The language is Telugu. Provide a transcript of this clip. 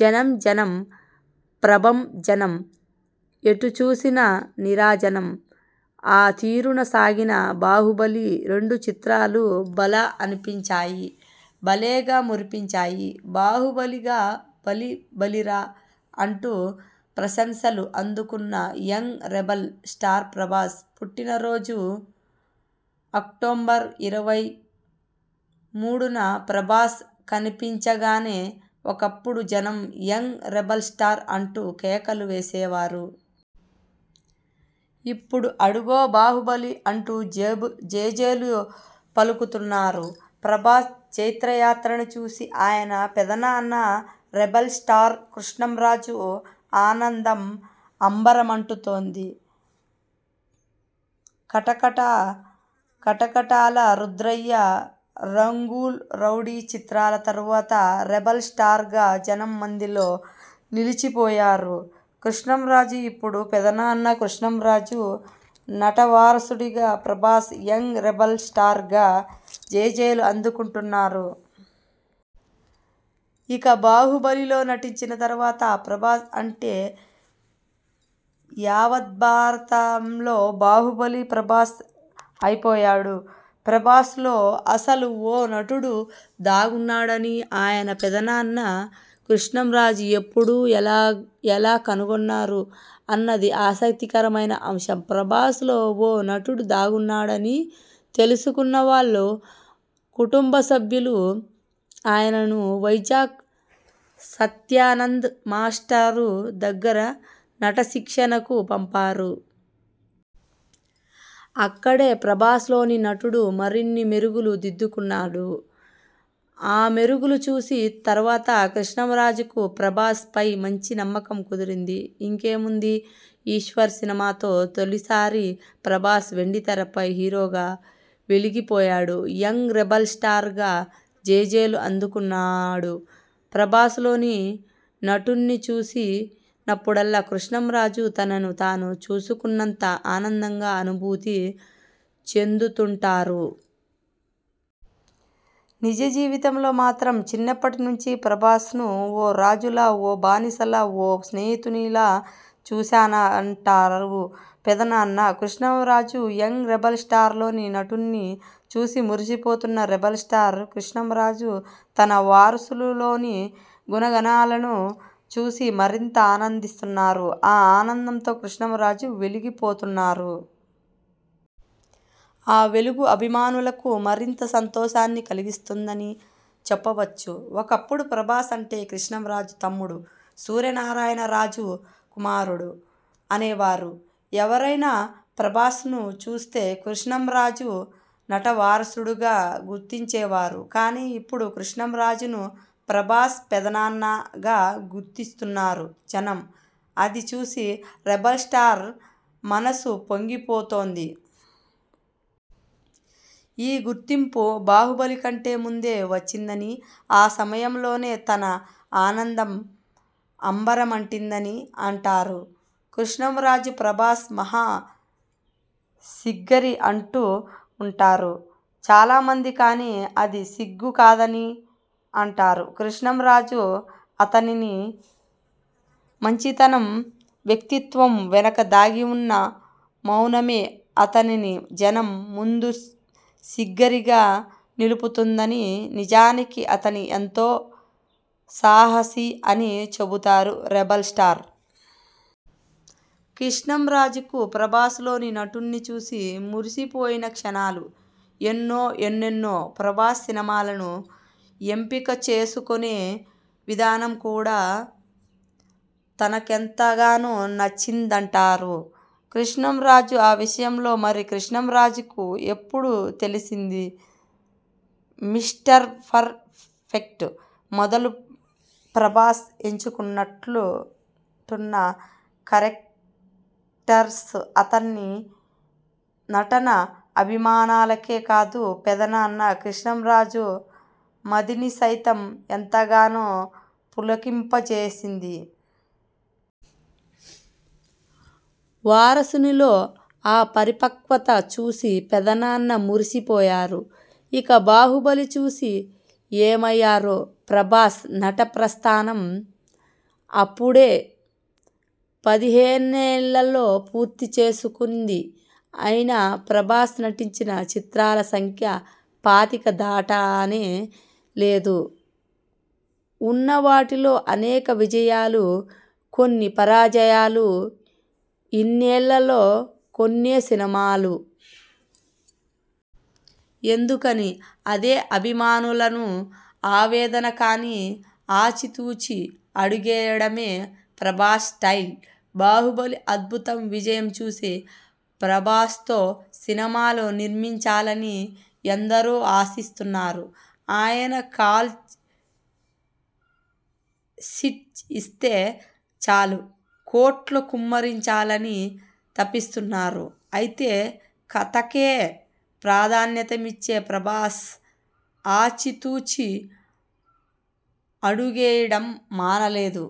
జనం జనం ప్రభంజనం. ఎటు చూసిన నీరాజనం. ఆ తీరున సాగిన 'బాహుబలి' రెండు చిత్రాలు భళా అనిపించాయి. భలేగా మురిపించాయి. 'బాహుబలి'గా భళి భళిరా అంటూ ప్రశంసలు అందుకున్న యంగ్ రెబల్ స్టార్ ప్రభాస్ పుట్టినరోజు అక్టోబర్ ఇరవై మూడు న. ప్రభాస్ కనిపించగానే ఒకప్పుడు జనం 'యంగ్ రెబల్ స్టార్' అంటూ కేకలు వేసేవారు. ఇప్పుడు 'అడుగో బాహుబలి' అంటూ జేజేలు పలుకుతున్నారు. ప్రభాస్ జైత్రయాత్రను చూసి ఆయన పెదనాన్న రెబల్ స్టార్ కృష్ణంరాజు ఆనందం అంబరమంటుతోంది. 'కటకటాల రుద్రయ్య, రంగూన్ రౌడీ' చిత్రాల తరువాత 'రెబల్ స్టార్'గా జనం మదిలో నిలచిపోయారు కృష్ణంరాజు. ఇప్పుడు పెదనాన్న కృష్టంరాజు నటవారసుడిగా ప్రభాస్ 'యంగ్ రెబల్ స్టార్'గా జేజేలు అందుకుంటున్నాడు. ఇక 'బాహుబలి'లో నటించిన తరువాత ప్రభాస్ అంటే యావద్భారతంలో 'బాహుబలి' ప్రభాస్ అయిపోయాడు. ప్రభాస్ లో అసలు ఓ నటుడు దాగున్నాడని ఆయన పెదనాన్న కృష్ణంరాజు ఎప్పుడు ఎలా కనుగొన్నారు అన్నది ఆసక్తికరమైన అంశం. ప్రభాస్ లో ఓ నటుడు దాగున్నాడని తెలుసుకున్న వాళ్ళ కుటుంబసభ్యులు ఆయనను వైజాగ్ సత్యానంద్ మాస్టారు దగ్గర నటశిక్షణకు పంపారు. అక్కడే ప్రభాస్లోని నటుడు మరిన్ని మెరుగులు దిద్దుకున్నాడు. ఆ మెరుగులు చూసిన తరువాత కృష్ణంరాజుకు ప్రభాస్ పై మంచి నమ్మకం కుదిరింది. ఇంకేముంది 'ఈశ్వర్' సినిమాతో తొలిసారి ప్రభాస్ వెండితెరపై హీరోగా వెలిగిపోయాడు. 'యంగ్ రెబల్ స్టార్'గా జేజేలు అందుకున్నాడు. ప్రభాస్ లోని నటుణ్ణి చూసినపుడల్లా కృష్ణంరాజు తనను తాను చూసుకున్నంత ఆనందంగా అనుభూతి చెందుతుంటారు. నిజ జీవితంలో మాత్రం చిన్నప్పటి నుంచీ ప్రభాస్ ను ఓ రాజులా, ఓ బానిసలా, ఓ స్నేహితునిలా చూశానంటారు పెదనాన్న కృష్ణంరాజు. యంగ్ రెబల్ స్టార్లోని నటుణ్ణి చూసి మురిసిపోతున్న రెబల్ స్టార్ కృష్ణంరాజు తన వారసునిలోని గుణగణాలను చూసి మరింత ఆనందిస్తున్నారు. ఆ ఆనందంతో కృష్ణంరాజు వెలిగిపోతున్నారు. ఆ వెలుగు అభిమానులకు మరింత సంతోషాన్ని కలిగిస్తుందని చెప్పవచ్చు. ఒకప్పుడు ప్రభాస్ అంటే కృష్ణంరాజు తమ్ముడు సూర్యనారాయణరాజు కుమారుడు అనేవారు. ఎవరైనా ప్రభాస్ ను చూస్తే కృష్ణంరాజు నటవారసుడుగా గుర్తించేవారు. కానీ, ఇప్పుడు కృష్ణంరాజును 'ప్రభాస్ పెదనాన్న'గా గుర్తిస్తున్నారు జనం. అది చూసి రెబల్ స్టార్ మనసు పొంగిపోతోంది. ఈ గుర్తింపు 'బాహుబలి' కంటే ముందే వచ్చిందని, ఆ సమయంలోనే తన ఆనందం అంబరమంటిందని అంటారు కృష్ణంరాజు. ప్రభాస్ మహా సిగ్గరి అంటూ ఉంటారు చాలామంది. కానీ అది సిగ్గు కాదని అంటారు కృష్ణంరాజు. అతని మంచితనం, వ్యక్తిత్వం వెనక దాగి ఉన్న మౌనమే అతనిని జనం ముందు సిగ్గరిగా నిలుపుతుదని, నిజానికి అతను ఎంతో సాహసి అని చెబుతారు రెబల్ స్టార్. కృష్ణంరాజుకు ప్రభాస్ లోని నటుణ్ణి చూసి మురిసిపోయిన క్షణాలు ఎన్నో ఎన్నెన్నో. ప్రభాస్ సినిమాలను ఎంపిక చేసుకొనే విధానం కూడా తనకెంతగానో నచ్చిందటారు కృష్ణంరాజు. ఆ విషయం మరి కృష్ణంరాజుకు ఎప్పుడు తెలిసింది?. 'మిస్టర్ పర్ ఫెక్ట్' మొదలు ప్రభాస్ ఎంచుకుంటున్న కేరెక్టర్స్, అతని నటన అభిమానులకే కాదు పెదనాన్న కృష్ణంరాజు మదిని సైతం ఎంతగానో పులకింప చేసింది. వారసునిలో ఆ పరిపక్వత చూసి పెదనాన్న మురిసిపోయారు. ఇక 'బాహుబలి' చూసి ఏమయ్యారో? ప్రభాస్ నటప్రస్థానం అప్పుడే పదిహేనేళ్ళు పూర్తి చేసుకుంది. అయినా ప్రభాస్ నటించిన చిత్రాల సంఖ్య పాతిక దాటనే లేదు. ఉన్న వాటిలో అనేక విజయాలు, కొన్ని పరాజయాలు. ఇన్నేళ్ళలో కొన్నే సినిమాలు. ఎందుకని?. అదే అభిమానుల ఆవేదన. కానీ, ఆచి తూచి అడుగేయడమే ప్రభాస్ స్టైల్. 'బాహుబలి అద్భుత విజయం చూసి ప్రభాస్తో సినిమాలు నిర్మించాలని ఎందరో ఆశిస్తున్నారు. ఆయన కాల్ షీట్ ఇస్తే చాలు కోట్లు కుమ్మరించాలనీ తపిస్తున్నారు. అయితే కథకే ప్రాధాన్యమిచ్చే ప్రభాస్ ఆచి తూచి అడుగేయడం మానలేదు.